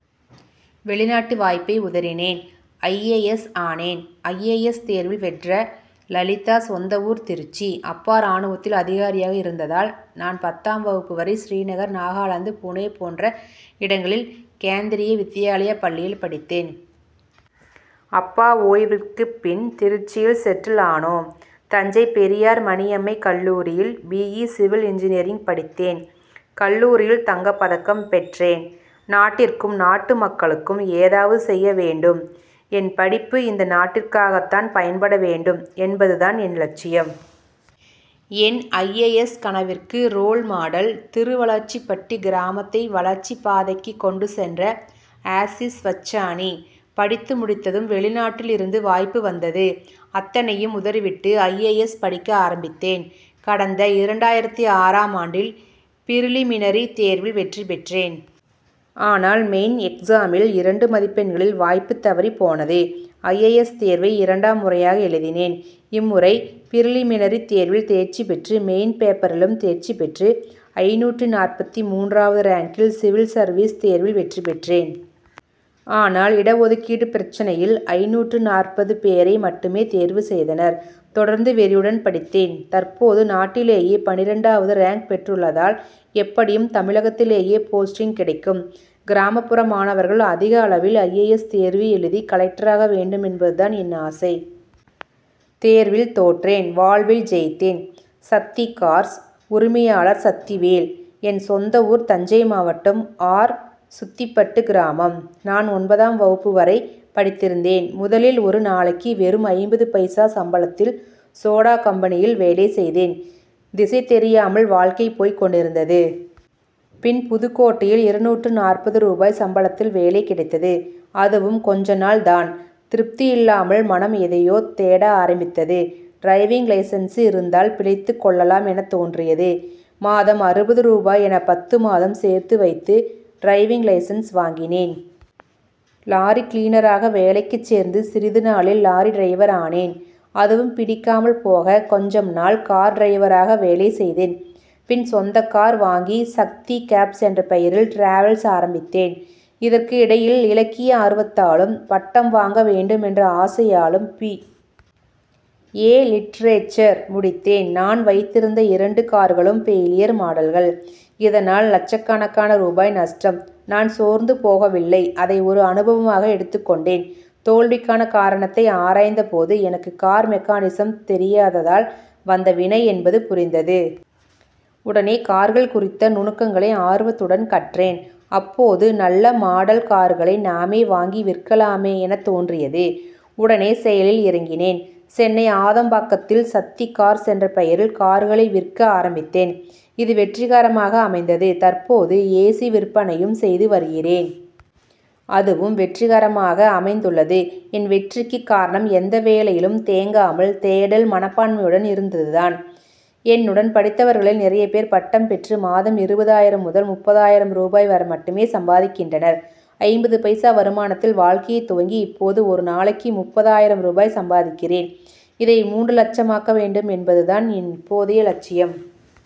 வெளிநாட்டு வாய்ப்பை உதறினேன் ஐ. ஏ. எஸ். ஆனேன்! ஐ. ஏ. எஸ். தேர்வில் வென்ற லலிதா சொந்த ஊர் திருச்சி. அப்பா ராணுவத்தில் அதிகாரியாக இருந்ததால் நான் பத்தாம் வகுப்பு வரை ஸ்ரீநகர் நாகலாந்து புனே போன்ற இடங்களில் கேந்திரிய வித்யாலயா பள்ளியில் படித்தேன். அப்பா ஓய்விற்குப் பின் திருச்சியில் செட்டில் ஆனோம். தஞ்சை பெரியார் மணியம்மை கல்லூரியில் பி. இ. சிவில் இன்ஜினியரிங் படித்தேன். கல்லூரியில் தங்கப் பதக்கம் பெற்றேன். நாட்டிற்கும் நாட்டு மக்களுக்கும் ஏதாவது செய்ய வேண்டும். என் படிப்பு இந்த நாட்டிற்காகத்தான் பயன்பட வேண்டும் என்பதுதான் என் லட்சியம். என் ஐ. ஏ. எஸ். கனவிற்கு ரோல் மாடல் திருவளர்ச்சிப்பட்டி கிராமத்தை வளர்ச்சிப் பாதைக்கு கொண்டு சென்ற ஆசிஷ் வச்சானி. படித்து முடித்ததும் வெளிநாட்டில் இருந்து வாய்ப்பு வந்தது. அத்தனையும் உதறிவிட்டு ஐ. ஏ. எஸ். படிக்க ஆரம்பித்தேன். கடந்த இரண்டாயிரத்து ஆறாம் ஆண்டில் பிரிலிமினரி தேர்வில் வெற்றி பெற்றேன். ஆனால் மெயின் எக்சாமில் இரண்டு மதிப்பெண்களில் வாய்ப்பு தவறிப் போனது. ஐ. ஏ. எஸ். தேர்வை இரண்டாம் முறையாக எழுதினேன். இம்முறை பிரிலிமினரி தேர்வில் தேர்ச்சி பெற்று மெயின் பேப்பரிலும் தேர்ச்சி பெற்று ஐந்நூற்று நாற்பத்து மூன்றாவது ரேங்கில் சிவில் சர்வீஸ் தேர்வில் வெற்றி பெற்றேன். ஆனால் இட ஒதுக்கீட்டு பிரச்னையில் ஐந்நூற்று நாற்பது பேரை மட்டுமே தேர்வு செய்தனர். தொடர்ந்து வெறியுடன் படித்தேன். தற்போது நாட்டிலேயே பன்னிரண்டாவது ரேங்க் பெற்றுள்ளதால் எப்படியும் தமிழகத்திலேயே போஸ்டிங் கிடைக்கும். கிராமப்புற மாணவர்கள் அதிக அளவில் ஐ. ஏ. எஸ். தேர்வு எழுதி கலெக்டராக வேண்டும் என்பதுதான் என் ஆசை. தேர்வில் தோற்றேன் வாழ்வில் ஜெயித்தேன்! சக்தி கார்ஸ் உரிமையாளர் சக்திவேல் என் சொந்த ஊர் தஞ்சை மாவட்டம் ஆர். சுத்திப்பட்டு கிராமம். நான் ஒன்பதாம் வகுப்பு வரை படித்திருந்தேன். முதலில் ஒரு நாளைக்கு வெறும் ஐம்பது பைசா சம்பளத்தில் சோடா கம்பெனியில் வேலை செய்தேன். திசை தெரியாமல் வாழ்க்கை போய் கொண்டிருந்தது. பின் புதுக்கோட்டையில் இருநூற்று நாற்பது ரூபாய் சம்பளத்தில் வேலை கிடைத்தது. அதுவும் கொஞ்ச நாள் தான். திருப்தியில்லாமல் மனம் எதையோ தேட ஆரம்பித்தது. டிரைவிங் லைசென்சு இருந்தால் பிழைத்துக் கொள்ளலாம் எனத் தோன்றியது. மாதம் அறுபது ரூபாய் என பத்து மாதம் சேர்த்து வைத்து டிரைவிங் லைசென்ஸ் வாங்கினேன். லாரி கிளீனராக வேலைக்கு சேர்ந்து சிறிது நாளில் லாரி டிரைவரானேன். அதுவும் பிடிக்காமல் போக கொஞ்சம் நாள் கார் டிரைவராக வேலை செய்தேன். பின் சொந்தமா கார் வாங்கி சக்தி கேப்ஸ் என்ற பெயரில் டிராவல்ஸ் ஆரம்பித்தேன். இதற்கு இடையில் இலக்கிய ஆர்வத்தாலும் பட்டம் வாங்க வேண்டும் என்ற ஆசையாலும் பி. ஏ. லிட்ரேச்சர் முடித்தேன். நான் வைத்திருந்த இரண்டு கார்களும் பெயிலியர் மாடல்கள். இதனால் லட்சக்கணக்கான ரூபாய் நஷ்டம். நான் சோர்ந்து போகவில்லை. அதை ஒரு அனுபவமாக எடுத்துக் கொண்டேன். தோல்விக்கான காரணத்தை ஆராய்ந்த போது எனக்கு கார் மெக்கானிசம் தெரியாததால் வந்த வினை என்பது புரிந்தது. உடனே கார்கள் குறித்த நுணுக்கங்களை ஆர்வத்துடன் கற்றேன். அப்போது நல்ல மாடல் கார்களை நாமே வாங்கி விற்கலாமே எனத் தோன்றியது. உடனே செயலில் இறங்கினேன். சென்னை ஆதம்பாக்கத்தில் சக்தி கார்ஸ் என்ற பெயரில் கார்களை விற்க ஆரம்பித்தேன். இது வெற்றிகரமாக அமைந்தது. தற்போது ஏசி விற்பனையையும் செய்து வருகிறேன். அதுவும் வெற்றிகரமாக அமைந்துள்ளது. என் வெற்றிக்கு காரணம் எந்த வேலையிலும் தேங்காமல் தேடல் மனப்பான்மையுடன் இருந்ததுதான். என்னுடன் படித்தவர்களில் நிறைய பேர் பட்டம் பெற்று மாதம் இருபது ஆயிரம் முதல் முப்பது ஆயிரம் ரூபாய் வரை மட்டுமே சம்பாதிக்கின்றனர். ஐம்பது பைசா வருமானத்தில் வாழ்க்கையை துவங்கி இப்போது ஒரு நாளைக்கு முப்பது ஆயிரம் ரூபாய் சம்பாதிக்கிறேன். இதை மூன்று லட்சமாக்க வேண்டும் என்பதுதான் என் இப்போதைய லட்சியம்.